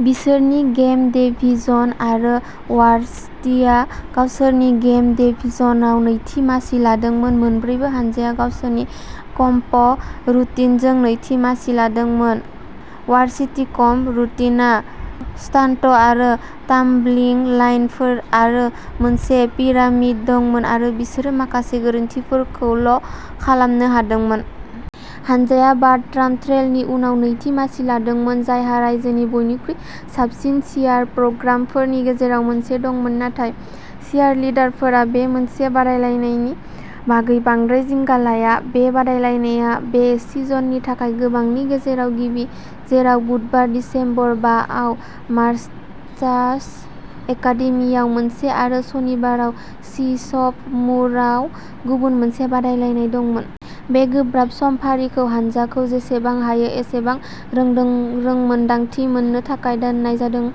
बिसोरनि game day division आरो वार्सिटीआ गावसोरनि गेम डे डिभिजनआव नैथि मासि लादोंमोन। मोन्नैबो हानजाया गावसोरनि कम्प. रुटिनजों नैथि मासि लादोंमोन। Varsity comp. रुटिनआव स्टान्ट आरो टाम्बलिं लाइनफोर आरो मोनसे पिरामिड दंमोन, आरो बिसोरो माखासे गोरोन्थिफोरल'खालामनो हादोंमोन। हानजाया बार्ट्राम ट्रेलनि उनाव नैथि मासि लादोंमोन, जायहा रायजोनि बयनिख्रुइ साबसिन चियर प्रग्रामफोरनि गेजेराव मोनसे दंमोन, नाथाय चियरलिडारफोरा बे मोनसे बादायलायनायनि बागै बांद्राय जिंगा लाया। बे बादायलायनाया बे सिजननि थाखाय गोबांनि गेजेराव गिबि, जेराव बुधबार, दिसेम्बर बा आव मास्टार्स एकादेमिआव मोनसे आरो सनिबाराव बिशप मुरआव गुबुन मोनसे बादायलायनाय दंमोन। बे गोब्राब समफारिखौ हान्जाखौ जेसेबां हायो एसेबां रोंमोनदांथि मोननो थाखाय दोननाय जादों,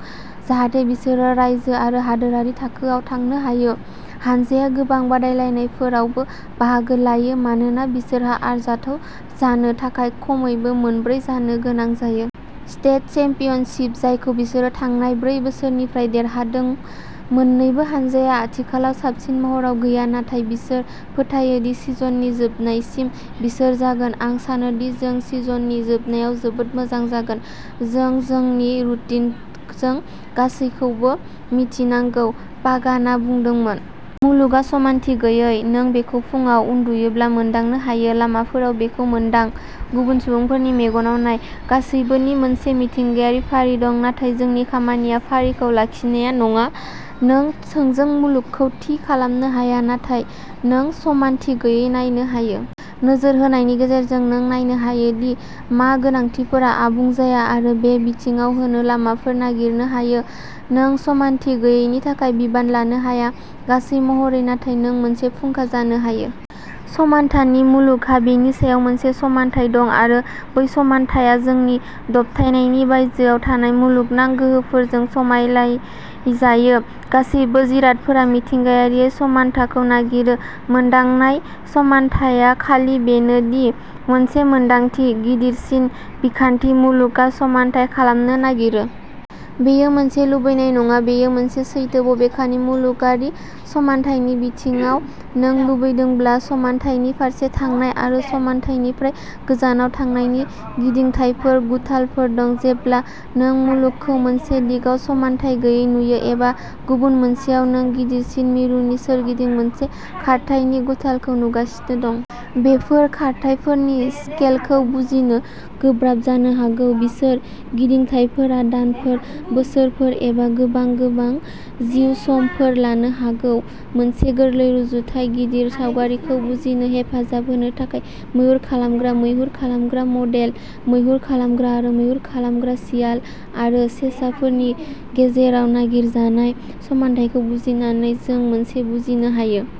जाहाथे बिसोरो रायजो आरो हादोरारि थाखोआव थांनो हायो। हानजाया गोबां बादायलायनायफोरावबो बाहागो लायो मानोना बिसोरहा आरजाथाव जानो थाखाय खमैबो मोनब्रै जानो गोनां जायो। स्टेट चेम्पियनशिप, जायखौ बिसोरो थांनाय ब्रै बोसोरनिफ्राय देरहादों। मोननैबो हानजाया आथिखालाव साबसिन महराव गैया, नाथाय बिसोर फोथायो दि सिजननि जोबनायसिम बिसोर जागोन। "आं सानोदि जों सिजननि जोबनायाव जोबोद मोजां जागोन, जों जोंनि रुटिनजों गासैबोखौ मिथिनांगौ", पागाना बुंदोंमोन। मुलुगआ समानथि गैयै। नों बेखौ फुंआव उन्दुयोब्ला मोनदांनो हायो। लामाफोराव बेखौ मोनदां। गुबुन सुबुंफोरनि मेगनाव नाय। गासैबोनि मोनसे मिथिंगायारि फारि दं। नाथाय जोंनि खामानिया फारिखौ लाखिनाया नङा। नों थोंजों मुलुगखौ थि खालामनो हाया, नाथाय नों समानथि गैयैखौ नायनो हायो। नोजोर होनायनि गेजेरजों नों नायनो हायो दि मा गोनांथिफोरा आबुं जाया आरो बे बिथिङाव होनो लामाफोर नागिरनो हायो। नों समानथि गैयैनि थाखाय बिबान लानो हाया, गासै महरै, नाथाय नों मोनसे फुंखा जानो हायो। समान्थानि। मुलुगहा बेनि सायाव मोनसे समानथाय दं, आरो बै समान्थाया जोंनि दबथायनायनि बायजोआव थानाय मुलुगनां गोहोफोरजों सामलायजायो। गासैबो जिरादफोरा मिथिंगायारियै समान्थाखौ नागिरो। मोनदांनाय समान्थायआ खालि बेनो दि, मोनसे मोनदांथि। गिदिरसिन बिखान्थि, मुलुगआ समान्थाय खालामनो नागिरो। बेयो मोनसे लुबैनाय नङा; बेयो मोनसे सैथो। बबेखानि, मुलुगारि समान्थायनि बिथिङाव, नों लुबैदोंब्ला, सम्थायनि फारसे थांनाय आरो समान्थायनिफ्राय गोजानाव थांनायनि गिदिंथायफोर, गुथालफोर दं। जेब्ला नों मुलुगखौ मोनसे दिगाव समान्थाय गैयै नुयो एबा गुबुन मोनसेयाव नों गिदिरसिन मिरुनि सोरगिदिं मोनसे खारथायनि गुथालखौ नुगासिनो दं। बेफोर खारथायफोरनि स्केलखौ बुजिनो गोब्राब जानो हागौ। बेफोर गिदिंथायफोरा दानफोर, बोसोरफोर, एबा गोबां, गोबां जिउ समफोर लानो हागौ। मोनसे गोरलै रुजुथाय, गिदिर सावगारिखौ बुजिनो हेफाजाब होनो थाखाय, मैहुर खालामग्रा मैहुर खालामग्रा मडेल। मैहुर खालामग्रा आरो मैहुर खालामग्रा, सियाल आरो सेसाफोरनि गेजेराव नागिरजानाय समान्थायखौ बुजिनानै, जों मोनसे बुजिनो हायो।